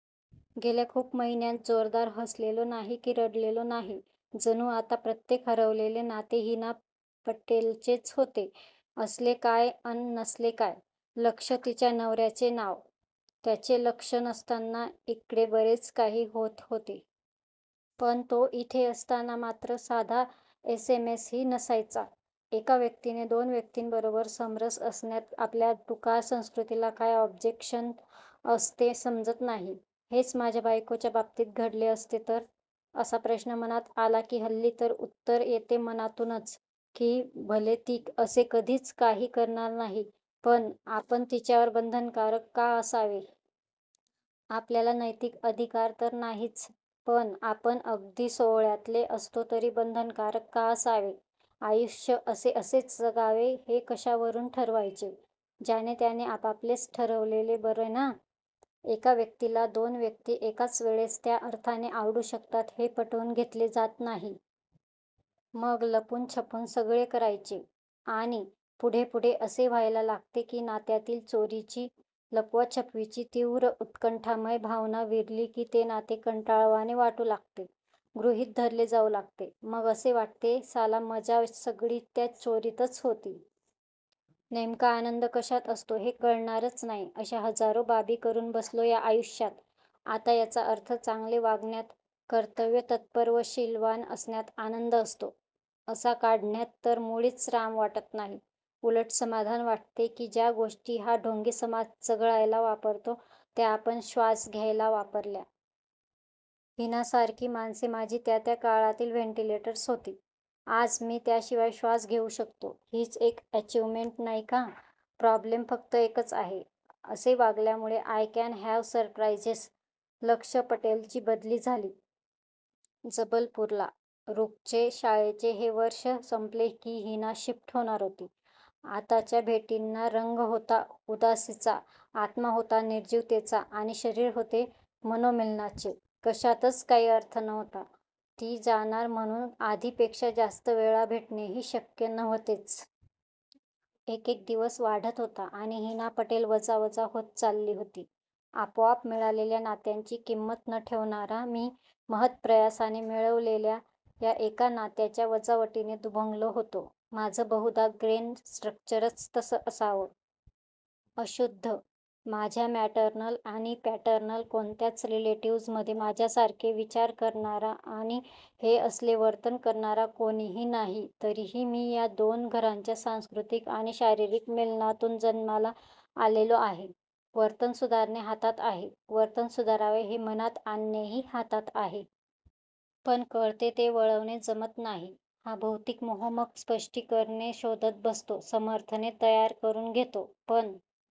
गेल्या खूप महिन्यांत जोरदार हसलेलो नाही की रडलेलो नाही. जणू आता प्रत्येक हरवलेले नाते हीना पटेलचेच होते. असले काय अन नसले काय! लक्ष्य तिच्या नवऱ्याचे नांव! त्याचे लक्ष नसताना इकडे बरेच काही होत होते. पण तो इथे असताना मात्र साधा एस एम एस ही नसायचा. एका व्यक्तीने दोन व्यक्तींबरोबर समरस असण्यात आपल्या टुकार संस्कृतीला काय ऑब्जेक्शन असते समजत नाही. हेच माझ्या बायकोच्या बाबतीत घडले असते तर? असा प्रश्न मनात आला की हल्ली तर उत्तर येते मनातूनच, की भले ती असे कधीच काही करणार नाही, पण आपण तिच्यावर बंधनकारक का असावे? आपल्याला नैतिक अधिकार तर नाहीच, पण आपण अगदी सोवळ्यातले असतो तरी बंधनकारक का असावे? आयुष्य असेअसेच जगावे हे कशावरून ठरवायचे? ज्याने त्याने आपापलेच ठरवलेले बरे ना? एका व्यक्तीला दोन व्यक्ती एकाचवेळेस त्या अर्थाने आवडू शकतात हे पटवून घेतले जात नाही. मग लपूनछपून सगळे करायचे. आणि पुढे पुढे असे व्हायला लागते की नात्यातील चोरीची, लपवाछपवीची तीव्र उत्कंठामय भावना विरली की ते नाते कंटाळवाणे वाटू लागते. गृहीत धरले जाऊ लागते. मग असे वाटते साला मजा सगळी त्या चोरीतच होती. नेमका आनंद कशात असतो हे कळणारच नाही अश्या हजारो बाबी करून बसलो या आयुष्यात! आता याचा अर्थ चांगले वागण्यात, कर्तव्यतत्पर व शीलवान असण्यात आनंद असतो असा काढण्यात तर मुळीच राम वाटत नाही. उलट समाधान वाटते की ज्या गोष्टी हा ढोंगी समाज चघळायला वापरतो त्या आपण श्वास घ्यायला वापरल्या. हीनासारखी माणसे माझी त्या त्या काळातील व्हेन्टिलेटर्स होती. आज मी त्याशिवाय श्वास घेऊ शकतो. हीच एक अॅचिव्हमेन्ट नाही का? प्रॉब्लेम फक्त एकच आहे. असे वागल्यामुळे आय कॅन हॅव सरप्राइझेस! लक्ष पटेलची बदली झाली. जबलपूरला! रुगचे शाळेचे हे वर्ष संपले की हीना शिफ्ट होणार होती. आताच्या भेटींना रंग होता उदासीचा, आत्मा होता निर्जीवतेचा आणि शरीर होते मनोमीलनाचे! कशातच काही अर्थ नव्हता. ती जाणार म्हणून आधीपेक्षा जास्तवेळा भेटणेही शक्य नव्हतेच. एक एक दिवस वाढत होता आणि हीना पटेल वजा वजा होत चालली होती. आपोआप मिळालेल्या नात्यांची किंमत न ठेवणारा मी महत्प्रयासाने मिळवलेल्या या एका नात्याच्या वजावटीने दुभंगलो होतो. माझं बहुधा ग्रेन स्ट्रक्चरच तसं असावं! अशुद्ध! माझ्या मॅटर्नल आणि पॅटर्नल कोणत्याच रिलेटिव्ह्जमध्ये माझ्यासारखे विचार करणारा आणि हे असले वर्तन करणारा कोणीही नाही. तरीही मी या दोन घरांच्या सांस्कृतिक आणि शारीरिक मीलनातून जन्माला आलेलो आहे. वर्तन सुधारणे हातात आहे, वर्तन सुधारावे हे मनात आणणेही हातात आहे. पण कळते ते वळवणे जमत नाही. हा भौतिक मोह मग स्पष्टीकरणे शोधत बसतो. समर्थने तयार करून घेतो. पण